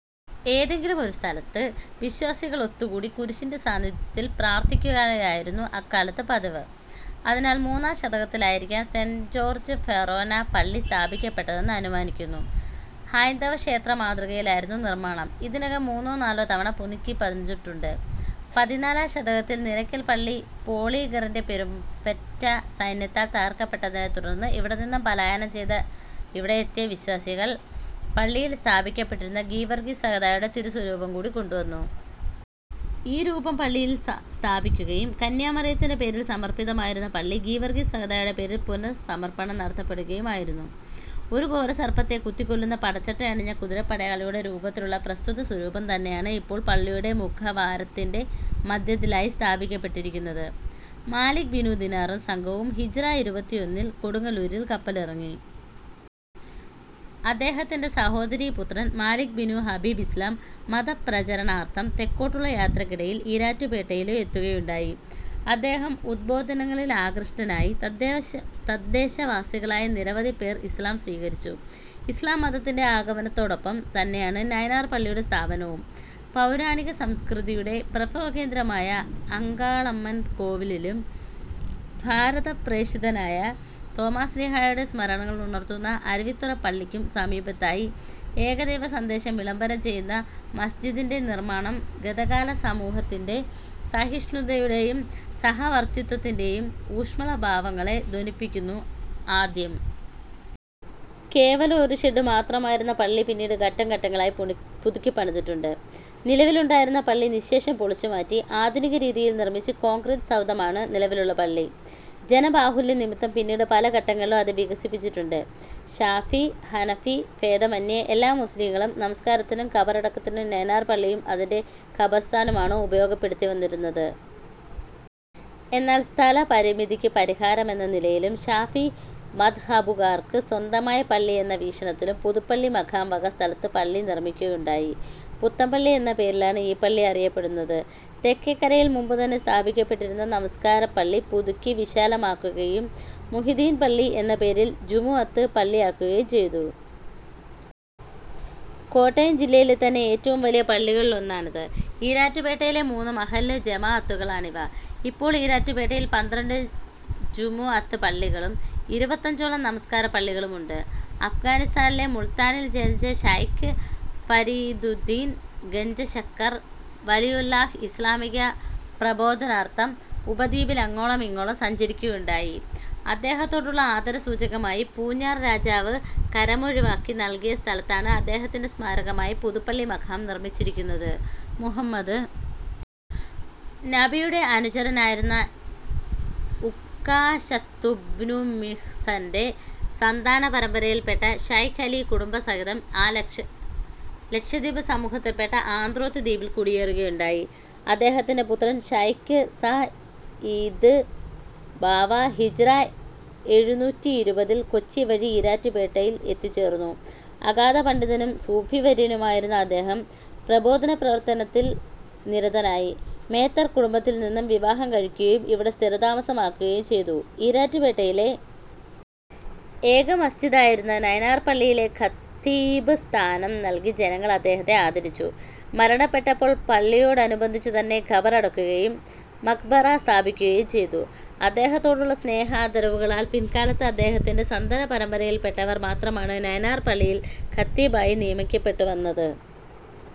ഏതെങ്കിലും ഒരു സ്ഥലത്ത് വിശ്വാസികൾ ഒത്തുകൂടി കുരിശിൻ്റെ സാന്നിധ്യത്തിൽ പ്രാർഥിക്കലലായിരുന്നു അക്കാലത്ത് പതിവ്. അതിനാൽ മൂന്നാം ശതകത്തിലായിരിക്കാം സെന്റ് ജോർജ് ഫെറോനാ പള്ളി സ്ഥാപിക്കപ്പെട്ടതെന്ന് അനുമാനിക്കുന്നു. ഹൈന്ദവ ക്ഷേത്ര മാതൃകയിലായിരുന്നു നിർമ്മാണം. ഇതിനകം മൂന്നോ നാലോ തവണ പുനുക്കിപ്പണിഞ്ചിട്ടുണ്ട്. പതിനാലാം ശതകത്തിൽ നിലയ്ക്കൽ പള്ളി പോളിഗറിൻ്റെ പെരുംപറ്റ സൈന്യത്താൽ തകർക്കപ്പെട്ടതിനെ തുടർന്ന് ഇവിടെനിന്നും പലായനം ചെയ്ത ഇവിടെയെത്തിയ വിശ്വാസികൾ പള്ളിയിൽ സ്ഥാപിക്കപ്പെട്ടിരുന്ന ഗീവർഗീസ് സഹദായുടെ തിരുസ്വരൂപം കൂടി കൊണ്ടുവന്നു. ഈ രൂപം പള്ളിയിൽ സ്ഥ സ്ഥാപിക്കുകയും കന്യാമറിയത്തിൻ്റെ പേരിൽ സമർപ്പിതമായിരുന്ന പള്ളി ഗീവർഗീസ് സഹദായുടെ പേരിൽ പുനഃസമർപ്പണം നടത്തപ്പെടുകയുമായിരുന്നു. ഒരു ഘോരസർപ്പത്തെ കുത്തിക്കൊല്ലുന്ന പടച്ചട്ടയണിഞ്ഞ കുതിരപ്പടയാളിയുടെ രൂപത്തിലുള്ള പ്രസ്തുത സ്വരൂപം തന്നെയാണ് ഇപ്പോൾ പള്ളിയുടെ മുഖവാരത്തിൻ്റെ മധ്യത്തിലായി സ്ഥാപിക്കപ്പെട്ടിരിക്കുന്നത്. മാലിക് ബിനു ദിനാറും സംഘവും ഹിജ്റ ഇരുപത്തിയൊന്നിൽ കൊടുങ്ങല്ലൂരിൽ കപ്പലിറങ്ങി. അദ്ദേഹത്തിൻ്റെ സഹോദരീപുത്രൻ മാലിക് ബിനു ഹബീബ് ഇസ്ലാം മതപ്രചരണാർഥം തെക്കോട്ടുള്ള യാത്രയ്ക്കിടയിൽ ഈരാറ്റുപേട്ടയില് എത്തുകയുണ്ടായി. അദ്ദേഹം ഉദ്ബോധനങ്ങളിൽ ആകൃഷ്ടനായി തദ്ദേശ തദ്ദേശവാസികളായ നിരവധി പേർ ഇസ്ലാം സ്വീകരിച്ചു. ഇസ്ലാം മതത്തിൻ്റെ ആഗമനത്തോടൊപ്പം തന്നെയാണ് നൈനാർ പള്ളിയുടെ സ്ഥാപനവും. പൗരാണിക സംസ്കൃതിയുടെ പ്രഭവകേന്ദ്രമായ അങ്കാളമ്മൻ കോവിലിലും ഭാരതപ്രേക്ഷിതനായ തോമാശ്ലീഹായുടെ സ്മരണകളുണർത്തുന്ന അരുവിത്തുറ പള്ളിക്കും സമീപത്തായി ഏകദൈവ സന്ദേശം വിളംബരം ചെയ്യുന്ന മസ്ജിദിൻ്റെ നിർമ്മാണം ഗതകാല സമൂഹത്തിൻ്റെ സഹിഷ്ണുതയുടെയും സഹവർത്തിത്വത്തിൻ്റെ യും ഊഷ്മള ഭാവങ്ങളെ ധ്വനിപ്പിക്കുന്നു. ആദ്യം കേവലം ഒരു ഷെഡ് മാത്രമായിരുന്ന പള്ളി പിന്നീട് ഘട്ടം ഘട്ടങ്ങളായി പുണു പുതുക്കിപ്പണിതിട്ടുണ്ട്. നിലവിലുണ്ടായിരുന്ന പള്ളി നിശ്ശേഷം പൊളിച്ചുമാറ്റി ആധുനിക രീതിയിൽ നിർമിച്ച് കോൺക്രീറ്റ് സൗധമാണ് നിലവിലുള്ള പള്ളി. ജനബാഹുല്യം നിമിത്തം പിന്നീട് പല ഘട്ടങ്ങളിലും അത് വികസിപ്പിച്ചിട്ടുണ്ട്. ശാഫി, ഹനഫി ഭേദമെന്യേ എല്ലാ മുസ്ലിംകളും നമസ്കാരത്തിനും ഖബറടക്കത്തിനും നൈനാർ പള്ളിയും അതിൻ്റെ ഖബർസ്ഥാനുമാണ് ഉപയോഗപ്പെടുത്തിവന്നിരുന്നത്. എന്നാൽ സ്ഥലപരിമിതിക്ക് പരിഹാരം എന്ന നിലയിലും ശാഫി മദ്ഹബുകാർക്ക് സ്വന്തമായ പള്ളി എന്ന വീക്ഷണത്തിലും പുതുപ്പള്ളി മഖാം വക സ്ഥലത്ത് ഒരു പള്ളി നിർമ്മിക്കുകയുണ്ടായി. പുത്തൻപള്ളി എന്ന പേരിലാണ് ഈ പള്ളി അറിയപ്പെടുന്നത്. തെക്കേക്കരയിൽ മുമ്പുതന്നെ സ്ഥാപിക്കപ്പെട്ടിരുന്ന നമസ്കാരപ്പള്ളി പുതുക്കി വിശാലമാക്കുകയും മുഹ്യിദ്ദീൻ പള്ളി എന്ന പേരിൽ ജുമുഅത്ത് പള്ളിയാക്കുകയും ചെയ്തു. കോട്ടയം ജില്ലയിലെ തന്നെ ഏറ്റവും വലിയ പള്ളികളിലൊന്നാണിത്. ഈരാറ്റുപേട്ടയിലെ മൂന്ന് മഹല്ല് ജമാഅത്തുകളാണിവ. ഇപ്പോൾ ഈരാറ്റുപേട്ടയിൽ പന്ത്രണ്ട് ജുമുഅത്ത് പള്ളികളും ഇരുപത്തഞ്ചോളം നമസ്കാരപ്പള്ളികളുമുണ്ട്. അഫ്ഗാനിസ്ഥാനിലെ മുൾത്താനിൽ ജനിച്ച ശൈഖ് ഫരീദുദ്ദീൻ ഗഞ്ചശക്കർ വലിയുല്ലാഹ് ഇസ്ലാമിക പ്രബോധനാർഥം ഉപദ്വീപിലങ്ങോളമിങ്ങോളം സഞ്ചരിക്കുകയുണ്ടായി. അദ്ദേഹത്തോടുള്ള ആദരസൂചകമായി പൂഞ്ഞാർ രാജാവ് കരമൊഴിവാക്കി നൽകിയ സ്ഥലത്താണ് അദ്ദേഹത്തിൻ്റെ സ്മാരകമായി പുതുപ്പള്ളി മഖാം നിർമിച്ചിരിക്കുന്നത്. മുഹമ്മദ് നബിയുടെ അനുചരനായിരുന്ന ഉക്കാശത്തുബ്നുമിഹ്സൻ്റെ സന്താനപരമ്പരയിൽപ്പെട്ട ശൈഖ് അലി കുടുംബസഹിതം ആ ലക്ഷ ലക്ഷദ്വീപ് സമൂഹത്തിൽപ്പെട്ട ആന്ത്രോത്ത് ദ്വീപിൽ കുടിയേറുകയുണ്ടായി. അദ്ദേഹത്തിൻ്റെ പുത്രൻ ശൈഖ് സഈദ് ബാവ ഹിജ്റ എഴുന്നൂറ്റിയിരുപതിൽ കൊച്ചി വഴി ഈരാറ്റുപേട്ടയിൽ എത്തിച്ചേർന്നു. അഗാധപണ്ഡിതനും സൂഫിവര്യനുമായിരുന്ന അദ്ദേഹം പ്രബോധന പ്രവർത്തനത്തിൽ നിരതനായി. മേത്തർ കുടുംബത്തിൽനിന്നും വിവാഹം കഴിക്കുകയും ഇവിടെ സ്ഥിരതാമസമാക്കുകയും ചെയ്തു. ഈരാറ്റുപേട്ടയിലെ ഏക മസ്ജിദായിരുന്ന നൈനാർ പള്ളിയിലെ ഖത്തീബ് സ്ഥാനം നൽകി ജനങ്ങൾ അദ്ദേഹത്തെ ആദരിച്ചു. മരണപ്പെട്ടപ്പോൾ പള്ളിയോടനുബന്ധിച്ചുതന്നെ ഖബറടക്കുകയും മഖ്ബറ സ്ഥാപിക്കുകയും ചെയ്തു. അദ്ദേഹത്തോടുള്ള സ്നേഹാദരവുകളാൽ പിൽക്കാലത്ത് അദ്ദേഹത്തിൻ്റെ സന്താനപരമ്പരയിൽപ്പെട്ടവർ മാത്രമാണ് നൈനാർ പള്ളിയിൽ ഖത്തീബായി നിയമിക്കപ്പെട്ടുവന്നത്.